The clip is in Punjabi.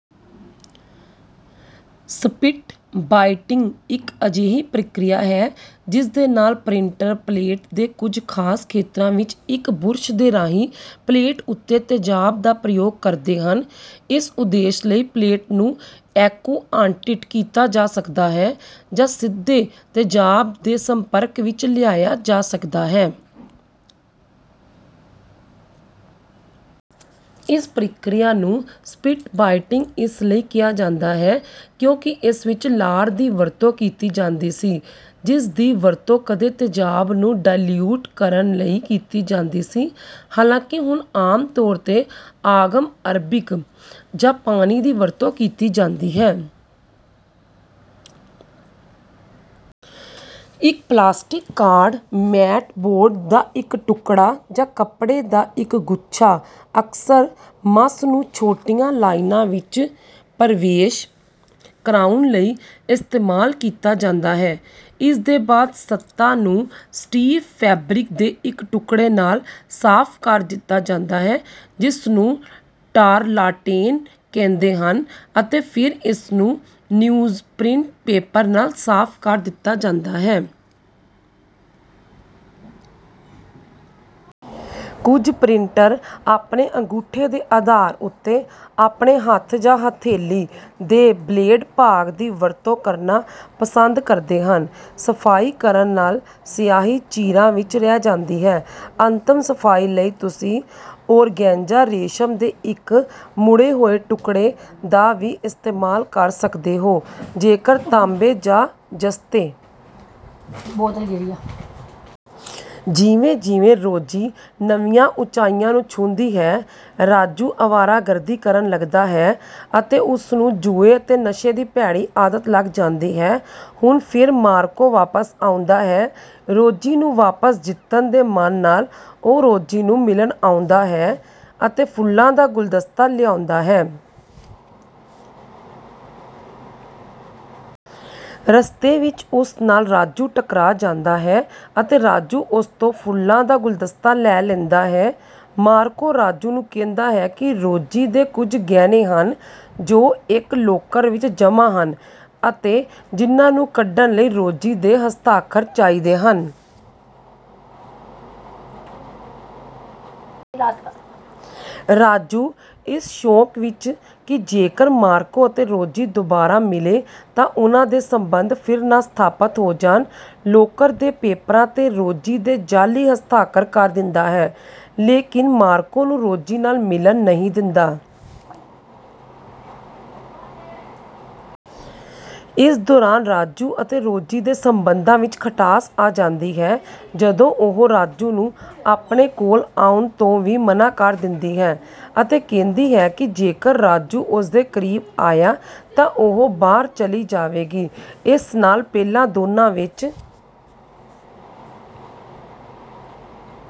ਸਪਿਟ ਬਾਇਟਿੰਗ ਇੱਕ ਅਜਿਹੀ ਪ੍ਰਕਿਰਿਆ ਹੈ, ਜਿਸਦੇ ਨਾਲ ਪ੍ਰਿੰਟਰ ਪਲੇਟ ਦੇ ਕੁਝ ਖਾਸ ਖੇਤਰਾਂ ਵਿੱਚ ਇੱਕ ਬੁਰਸ਼ ਦੇ ਰਾਹੀਂ ਪਲੇਟ ਉੱਤੇ ਤੇਜ਼ਾਬ ਦਾ ਪ੍ਰਯੋਗ ਕਰਦੇ ਹਨ। ਇਸ ਉਦੇਸ਼ ਲਈ ਪਲੇਟ ਨੂੰ ਐਕੁਆਟਿੰਟ ਕੀਤਾ ਜਾ ਸਕਦਾ ਹੈ, ਜਾਂ ਸਿੱਧੇ ਤੇਜ਼ਾਬ ਦੇ ਸੰਪਰਕ ਵਿੱਚ ਲਿਆਇਆ ਜਾ ਸਕਦਾ ਹੈ। ਇਸ ਪ੍ਰਕਿਰਿਆ ਨੂੰ ਸਪਿਟ-ਬਾਇਟਿੰਗ ਇਸ ਲਈ ਕਿਹਾ ਜਾਂਦਾ ਹੈ, ਕਿਉਂਕਿ ਇਸ ਵਿੱਚ ਲਾਰ ਦੀ ਵਰਤੋਂ ਕੀਤੀ ਜਾਂਦੀ ਸੀ, ਜਿਸਦੀ ਵਰਤੋਂ ਕਦੇ ਤੇਜ਼ਾਬ ਨੂੰ ਡਾਇਲਿਊਟ ਕਰਨ ਲਈ ਕੀਤੀ ਜਾਂਦੀ ਸੀ, ਹਾਲਾਂਕਿ ਹੁਣ ਆਮ ਤੌਰ 'ਤੇ ਆਗਮ ਅਰਬਿਕ ਜਾਂ ਪਾਣੀ ਦੀ ਵਰਤੋਂ ਕੀਤੀ ਜਾਂਦੀ ਹੈ। ਇੱਕ ਪਲਾਸਟਿਕ ਕਾਰਡ, ਮੈਟ ਬੋਰਡ ਦਾ ਇੱਕ ਟੁਕੜਾ, ਜਾਂ ਕੱਪੜੇ ਦਾ ਇੱਕ ਗੁੱਛਾ ਅਕਸਰ ਮੱਸ ਨੂੰ ਛੋਟੀਆਂ ਲਾਈਨਾਂ ਵਿੱਚ ਪ੍ਰਵੇਸ਼ ਕਰਾਉਣ ਲਈ ਇਸਤੇਮਾਲ ਕੀਤਾ ਜਾਂਦਾ ਹੈ। ਇਸਦੇ ਬਾਅਦ ਸਤ੍ਹਾ ਨੂੰ ਸਟੀਫ ਫੈਬਰਿਕ ਦੇ ਇੱਕ ਟੁਕੜੇ ਨਾਲ ਸਾਫ਼ ਕਰ ਦਿੱਤਾ ਜਾਂਦਾ ਹੈ, ਜਿਸਨੂੰ ਟਾਰਲਾਟੈਨ ਕਹਿੰਦੇ ਹਨ, ਅਤੇ ਫਿਰ ਇਸਨੂੰ ਨਿਊਜ਼ਪ੍ਰਿੰਟ ਪੇਪਰ ਨਾਲ ਸਾਫ਼ ਕਰ ਦਿੱਤਾ ਜਾਂਦਾ ਹੈ। ਕੁਝ ਪ੍ਰਿੰਟਰ ਆਪਣੇ ਅੰਗੂਠੇ ਦੇ ਆਧਾਰ ਉੱਤੇ, ਆਪਣੇ ਹੱਥ ਜਾਂ ਹਥੇਲੀ ਦੇ ਬਲੇਡ ਭਾਗ ਦੀ ਵਰਤੋਂ ਕਰਨਾ ਪਸੰਦ ਕਰਦੇ ਹਨ। ਸਫਾਈ ਕਰਨ ਨਾਲ ਸਿਆਹੀ ਚੀਰਾਂ ਵਿੱਚ ਰਹਿ ਜਾਂਦੀ ਹੈ। ਅੰਤਮ ਸਫਾਈ ਲਈ ਤੁਸੀਂ ਓਰਗੈਂਜਾ ਰੇਸ਼ਮ ਦੇ ਇੱਕ ਮੁੜੇ ਹੋਏ ਟੁਕੜੇ ਦਾ ਵੀ ਇਸਤੇਮਾਲ ਕਰ ਸਕਦੇ ਹੋ, ਜੇਕਰ ਤਾਂਬੇ ਜਾਂ ਜ਼ਸਤੇ। ਜਿਵੇਂ-ਜਿਵੇਂ ਰੋਜੀ ਨਵੀਆਂ ਉੱਚਾਈਆਂ ਨੂੰ ਛੂਹਦੀ ਹੈ, ਰਾਜੂ ਆਵਾਰਾਗਰਦੀ ਕਰਨ ਲੱਗਦਾ ਹੈ ਅਤੇ ਉਸਨੂੰ ਜੂਏ ਅਤੇ ਨਸ਼ੇ ਦੀ ਭੈੜੀ ਆਦਤ ਲੱਗ ਜਾਂਦੀ ਹੈ। ਹੁਣ ਫਿਰ ਮਾਰਕੋ ਵਾਪਸ ਆਉਂਦਾ ਹੈ। ਰੋਜੀ ਨੂੰ ਵਾਪਸ ਜਿੱਤਣ ਦੇ ਮਨ ਨਾਲ, ਉਹ ਰੋਜੀ ਨੂੰ ਮਿਲਣ ਆਉਂਦਾ ਹੈ ਅਤੇ ਫੁੱਲਾਂ ਦਾ ਗੁਲਦਸਤਾ ਲਿਆਉਂਦਾ ਹੈ। ਰਸਤੇ ਵਿੱਚ ਉਸ ਨਾਲ ਰਾਜੂ ਟਕਰਾ ਜਾਂਦਾ ਹੈ ਅਤੇ ਰਾਜੂ ਉਸ ਤੋਂ ਫੁੱਲਾਂ ਦਾ ਗੁਲਦਸਤਾ ਲੈ ਲੈਂਦਾ ਹੈ। ਮਾਰਕੋ ਰਾਜੂ ਨੂੰ ਕਹਿੰਦਾ ਹੈ ਕਿ ਰੋਜੀ ਦੇ ਕੁਝ ਗਹਿਣੇ ਹਨ ਜੋ ਇੱਕ ਲੋਕਰ ਵਿੱਚ ਜਮ੍ਹਾਂ ਹਨ ਅਤੇ ਜਿਨ੍ਹਾਂ ਨੂੰ ਕੱਢਣ ਲਈ ਰੋਜੀ ਦੇ ਹਸਤਾਖਰ ਚਾਹੀਦੇ ਹਨ। ਰਾਜੂ, ਇਸ ਸ਼ੌਂਕ ਵਿੱਚ ਕਿ ਜੇਕਰ ਮਾਰਕੋ ਅਤੇ ਰੋਜੀ ਦੁਬਾਰਾ ਮਿਲੇ ਤਾਂ ਉਨ੍ਹਾਂ ਦੇ ਸਬੰਧ ਫਿਰ ਨਾ ਸਥਾਪਤ ਹੋ ਜਾਣ, ਲੋਕਰ ਦੇ ਪੇਪਰਾਂ 'ਤੇ ਰੋਜੀ ਦੇ ਜਾਅਲੀ ਹਸਤਾਖਰ ਕਰ ਦਿੰਦਾ ਹੈ, ਲੇਕਿਨ ਮਾਰਕੋ ਨੂੰ ਰੋਜੀ ਨਾਲ ਮਿਲਣ ਨਹੀਂ ਦਿੰਦਾ। ਇਸ ਦੌਰਾਨ ਰਾਜੂ ਅਤੇ ਰੋਜੀ ਦੇ ਸਬੰਧਾਂ ਵਿੱਚ ਖਟਾਸ ਆ ਜਾਂਦੀ ਹੈ, ਜਦੋਂ ਉਹ ਰਾਜੂ ਨੂੰ ਆਪਣੇ ਕੋਲ ਆਉਣ ਤੋਂ ਵੀ ਮਨਾ ਕਰ ਦਿੰਦੀ ਹੈ ਅਤੇ ਕਹਿੰਦੀ ਹੈ ਕਿ ਜੇਕਰ ਰਾਜੂ ਉਸਦੇ ਕਰੀਬ ਆਇਆ ਤਾਂ ਉਹ ਬਾਹਰ ਚਲੀ ਜਾਵੇਗੀ। ਇਸ ਨਾਲ ਪਹਿਲਾਂ ਦੋਨਾਂ ਵਿੱਚ